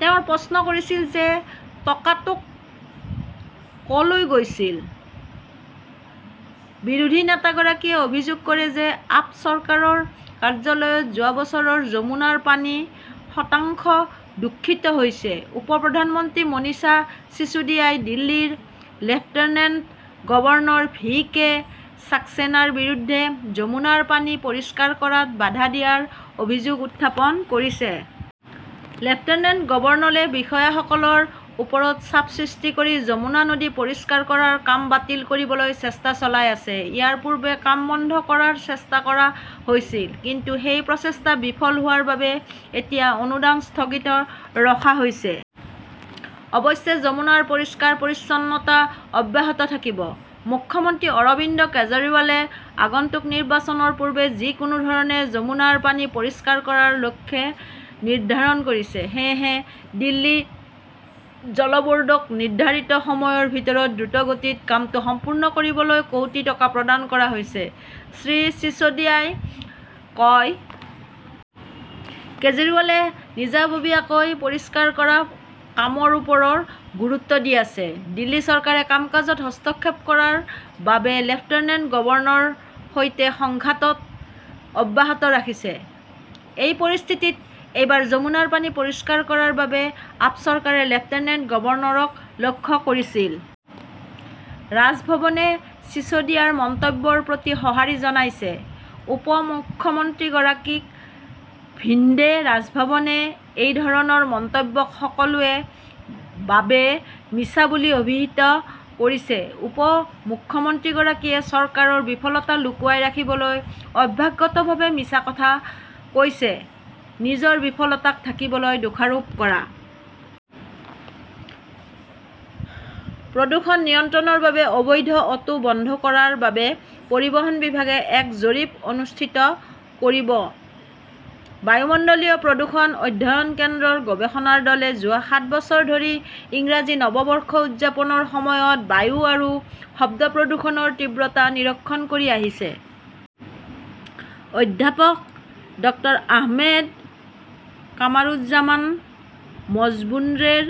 তেওঁ প্ৰশ্ন কৰিছিল যে টকাটো ক "লৈ গৈছিল। বিৰোধী নেতা গৰাকীয়ে অভিযোগ কৰে যে আপ চৰকাৰৰ কাৰ্যকালত যোৱা বছৰত যমুনাৰ পানী শতাংশ দূষিত হৈছে। উপ মুখ্যমন্ত্ৰী মনীষ চিচোদিয়াই দিল্লীৰ লেফটেনেণ্ট গভৰ্ণৰ ভি কে সাক্সেনাৰ বিৰুদ্ধে যমুনাৰ পানী পৰিষ্কাৰ কৰাত বাধা দিয়াৰ অভিযোগ উত্থাপন কৰিছে। "লেফটেনেণ্ট গভৰ্ণৰে বিষয়াসকলৰ ওপৰত চাপ সৃষ্টি কৰি যমুনা নদী পৰিষ্কাৰ কৰাৰ কাম বাতিল কৰিবলৈ চেষ্টা চলাই আছে। ইয়াৰ পূৰ্বে কাম বন্ধ কৰাৰ চেষ্টা কৰা হৈছিল। কিন্তু সেই প্ৰচেষ্টা বিফল হোৱাৰ বাবে এতিয়া অনুদান স্থগিত ৰখা হৈছে। অৱশ্যে যমুনাৰ পৰিষ্কাৰ-পৰিচ্ছন্নতা অব্যাহত থাকিব। "মুখ্যমন্ত্ৰী অৰবিন্দ কেজৰিৱালে আগন্তুক নিৰ্বাচনৰ পূৰ্বে যিকোনো ধৰণে যমুনাৰ পানী পৰিষ্কাৰ কৰাৰ লক্ষ্য নিৰ্ধাৰণ কৰিছে। সেয়েহে দিল্লী জল বোৰ্ডক নিৰ্ধাৰিত সময়ৰ ভিতৰত দ্ৰুতগতিত কামটো সম্পূৰ্ণ কৰিবলৈ কোটি টকা প্ৰদান কৰা হৈছে, শ্ৰী চিচৌধিয়াই কয়। কেজৰিৱালে নিজাববীয়াকৈ পৰিষ্কাৰ কৰাৰ কামৰ ওপৰত গুৰুত্ব দি আছে। দিল্লী চৰকাৰে কাম-কাজত হস্তক্ষেপ কৰাৰ বাবে লেফটেনেণ্ট গভৰ্ণৰৰ সৈতে সংঘাত অব্যাহত ৰাখিছে। এই পৰিস্থিতিত এইবাৰ যমুনাৰ পানী পৰিষ্কাৰ কৰাৰ বাবে আপ চৰকাৰে লেফটেনেণ্ট গভৰ্ণৰক লক্ষ্য কৰিছিল। ৰাজভৱনে চিছৌদিয়াৰ মন্তব্যৰ প্ৰতি সঁহাৰি জনাইছে। উপ মুখ্যমন্ত্ৰীগৰাকীক ভিন্ধে ৰাজভৱনে এই ধৰণৰ মন্তব্যক সকলোৰে বাবে মিছা বুলি অভিহিত কৰিছে। উপ মুখ্যমন্ত্ৰীগৰাকীয়ে চৰকাৰৰ বিফলতা লুকুৱাই ৰাখিবলৈ অভ্যাসগতভাৱে মিছা কথা কৈছে। নিজৰ বিফলতাক ঢাকিবলৈ দোষাৰোপ কৰা। প্ৰদূষণ নিয়ন্ত্ৰণৰ বাবে অবৈধ অটো বন্ধ কৰাৰ বাবে পৰিবহণ বিভাগে এক জৰীপ অনুষ্ঠিত কৰিব বায়ুমণ্ডলীয় প্ৰদূষণ অধ্যয়ন কেন্দ্ৰৰ গৱেষণা দলে যোৱা সাত বছৰ ধৰি ইংৰাজী নৱবৰ্ষ উদযাপনৰ সময়ত বায়ু আৰু শব্দ প্ৰদূষণৰ তীব্ৰতা নিৰীক্ষণ কৰি আহিছে। অধ্যাপক ড আহমেদ কামৰুজ্জামান মজমুদ্ৰেৰ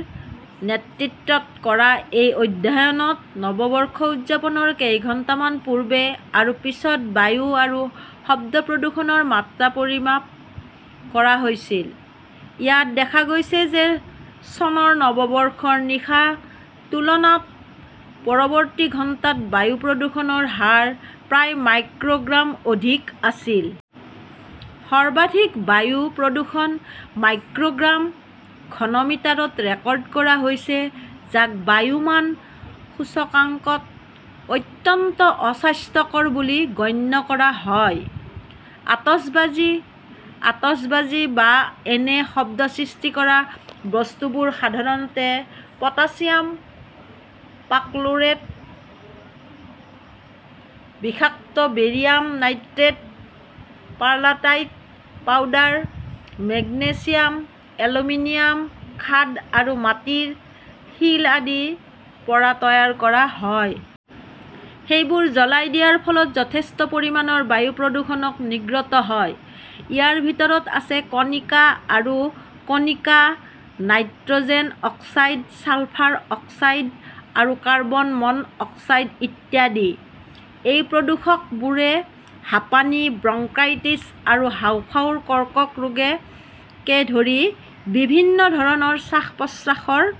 নেতৃত্বত কৰা এই অধ্যয়নত নৱবৰ্ষ উদযাপনৰ কেইঘণ্টামান পূৰ্বে আৰু পিছত বায়ু আৰু শব্দ প্ৰদূষণৰ মাত্ৰা পৰিমাপ কৰা হৈছিল। ইয়াত দেখা গৈছে যে চনৰ নৱবৰ্ষৰ নিশাৰ তুলনাত পৰৱৰ্তী ঘণ্টাত বায়ু প্ৰদূষণৰ হাৰ প্ৰায় মাইক্ৰ "গ্ৰাম অধিক আছিল। সৰ্বাধিক বায়ু প্ৰদূষণ মাইক্ৰ "গ্ৰাম/ঘন মিটাৰত ৰেকৰ্ড কৰা হৈছে যাক বায়ু মান সূচকাংকত অত্যন্ত অস্বাস্থ্যকৰ বুলি গণ্য কৰা হয়। আতচবাজী, আতচবাজী বা এনে শব্দ সৃষ্টি কৰা বস্তুবোৰ সাধাৰণতে পটাছিয়াম পাৰ্কলোৰেট, বিষাক্ত barium nitrate, perlite powder, magnesium, aluminium খাদ আৰু মাটিৰ শিল আদিৰ পৰা তৈয়াৰ কৰা হয়। সেইবোৰ জ্বলাই দিয়াৰ ফলত যথেষ্ট পৰিমাণৰ বায়ু প্ৰদূষক নিৰ্গত হয়। ইয়াৰ ভিতৰত আছে কণিকা আৰু কণিকা, "nitrogen oxide, sulphur dioxide আৰু কাৰ্বন মন" অক্সাইড ইত্যাদি। এই প্ৰদূষকবোৰে হাঁপানি, ব্ৰংকাইটিছ আৰু হাঁওফাঁওৰ কৰ্কট ৰোগকে ধৰি বিভিন্ন ধৰণৰ শ্বাস-প্ৰশ্বাসৰ